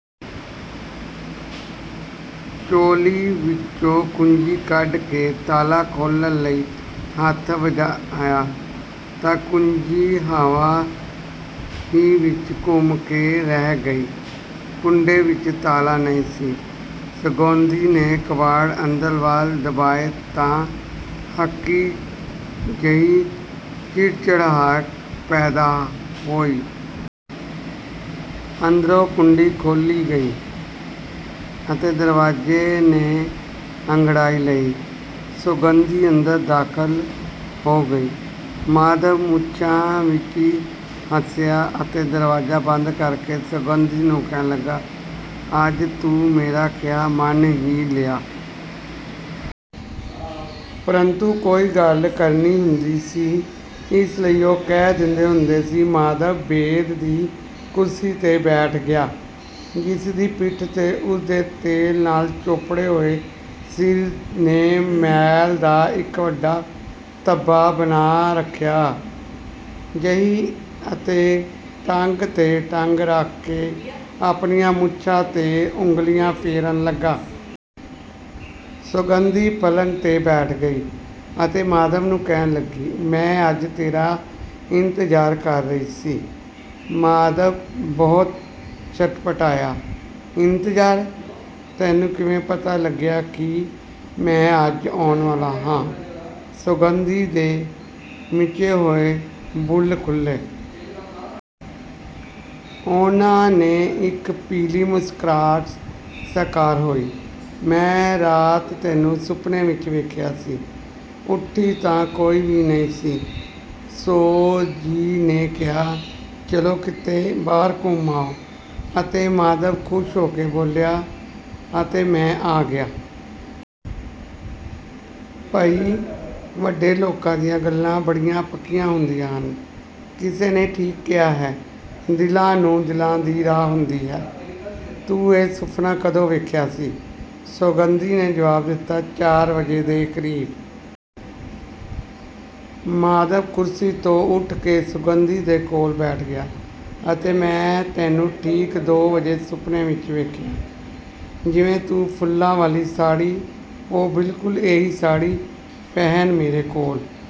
ਚੋਲੀ ਵਿੱਚੋਂ ਕੁੰਜੀ ਕੱਢ ਕੇ ਤਾਲਾ ਖੋਲ੍ਹਣ ਲਈ ਹੱਥ ਵਧਾਇਆ ਤਾਂ ਕੁੰਜੀ ਹਵਾ ਹੀ ਵਿੱਚ ਘੁੰਮ ਕੇ ਰਹਿ ਗਈ। ਕੁੰਡੇ ਵਿੱਚ ਤਾਲਾ ਨਹੀਂ ਸੀ। ਸੌਗੰਧੀ ਨੇ ਕਿਵਾੜ ਅੰਦਰ ਵੱਲ ਦਬਾਏ ਤਾਂ ਹਕੀ ਜਿਹੀ ਚਿੜਚਿੜਾਹਟ ਪੈਦਾ ਹੋਈ। ਅੰਦਰੋਂ ਕੁੰਡੀ ਖੋਲ੍ਹੀ ਗਈ ਅਤੇ ਦਰਵਾਜ਼ੇ ਨੇ ਅੰਗੜਾਈ ਲਈ, ਸੌਗੰਧੀ ਅੰਦਰ ਦਾਖ਼ਲ ਹੋ ਗਈ। ਮਾਧਵ ਮੁੱਛਾਂ ਵਿੱਚ ਹੱਸਿਆ ਅਤੇ ਦਰਵਾਜ਼ਾ ਬੰਦ ਕਰਕੇ ਸੌਗੰਧੀ ਨੂੰ ਕਹਿਣ ਲੱਗਾ, "ਅੱਜ ਤੂੰ ਮੇਰਾ ਕਿਹਾ ਮੰਨ ਹੀ ਲਿਆ। ਪ੍ਰੰਤੂ ਕੋਈ ਗੱਲ ਕਰਨੀ ਹੁੰਦੀ ਸੀ, ਇਸ ਲਈ ਉਹ ਕਹਿ ਦਿੰਦੇ ਹੁੰਦੇ ਸੀ। ਮਾਧਵ ਬੇਦ ਦੀ ਕੁਰਸੀ ਤੇ ਬੈਠ ਗਿਆ, ਜਿਸਦੀ ਪਿਠ ਤੇ ਉਸਦੇ ਤੇਲ ਨਾਲ਼ ਚੋਪੜੇ ਹੋਏ ਸਿਰ ਨੇ ਮੈਲ ਦਾ ਇੱਕ ਵੱਡਾ ਧੱਬਾ ਬਣਾ ਰੱਖਿਆ ਜਿਹੀ ਅਤੇ ਟੰਗ ਤੇ ਟੰਗ ਰੱਖ ਕੇ ਆਪਣੀਆਂ ਮੁੱਛਾਂ ਤੇ ਉਂਗਲੀਆਂ ਫੇਰਨ ਲਗਾ। ਸੌਗੰਧੀ ਪਲੰਗ ਤੇ ਬੈਠ ਗਈ ਅਤੇ ਮਾਧਵ ਨੂੰ ਕਹਿਣ ਲੱਗੀ, "ਮੈਂ ਅੱਜ ਤੇਰਾ ਇੰਤਜ਼ਾਰ ਕਰ ਰਹੀ ਸੀ।" ਮਾਧਵ ਬਹੁਤ ਸਟਪਟਾਇਆ, "ਇੰਤਜ਼ਾਰ? ਤੈਨੂੰ ਕਿਵੇਂ ਪਤਾ ਲੱਗਿਆ ਕਿ ਮੈਂ ਅੱਜ ਆਉਣ ਵਾਲਾ ਹਾਂ?" ਸੌਗੰਧੀ ਦੇ ਮਿਚੇ ਹੋਏ ਬੁੱਲ੍ਹ ਖੁੱਲੇ। ਉਨ੍ਹਾਂ ਤੇ ਇੱਕ ਪੀਲੀ ਮੁਸਕਰਾਹਟ ਸਾਕਾਰ ਹੋਈ, "ਮੈਂ ਰਾਤ ਤੈਨੂੰ ਸੁਪਨੇ ਵਿੱਚ ਵੇਖਿਆ ਸੀ। ਉੱਠੀ ਤਾਂ ਕੋਈ ਵੀ ਨਹੀਂ ਸੀ। ਸੋ ਜੀ ਨੇ ਕਿਹਾ, ਚਲੋ ਕਿਤੇ ਬਾਹਰ ਘੁੰਮ ਆਓ ਅਤੇ ਮਾਧਵ ਖ਼ੁਸ਼ ਹੋ ਕੇ ਬੋਲਿਆ, ਅਤੇ ਮੈਂ ਆ ਗਿਆ। ਭਈ, ਵੱਡੇ ਲੋਕਾਂ ਦੀਆਂ ਗੱਲਾਂ ਬੜੀਆਂ ਪੱਕੀਆਂ ਹੁੰਦੀਆਂ ਹਨ। ਕਿਸੇ ਨੇ ਠੀਕ ਕਿਹਾ ਹੈ, ਦਿਲਾਂ ਨੂੰ ਦਿਲਾਂ ਦੀ ਰਾਹ ਹੁੰਦੀ ਹੈ। ਤੂੰ ਇਹ ਸੁਫ਼ਨਾ ਕਦੋਂ ਵੇਖਿਆ ਸੀ?" ਸੌਗੰਧੀ ਨੇ ਜਵਾਬ ਦਿੱਤਾ, "ਚਾਰ ਵਜੇ ਦੇ ਕਰੀਬ।" ਮਾਧਵ ਕੁਰਸੀ ਤੋਂ ਉੱਠ ਕੇ ਸੌਗੰਧੀ ਦੇ ਕੋਲ ਬੈਠ ਗਿਆ, "ਅਤੇ ਮੈਂ ਤੈਨੂੰ ਠੀਕ ਦੋ ਵਜੇ ਸੁਪਨੇ ਵਿੱਚ ਵੇਖਿਆ। ਜਿਵੇਂ ਤੂੰ ਫੁੱਲਾਂ ਵਾਲੀ ਸਾੜ੍ਹੀ। ਓਏ, ਬਿਲਕੁਲ ਇਹੀ ਸਾੜ੍ਹੀ ਪਹਿਨ ਮੇਰੇ ਕੋਲ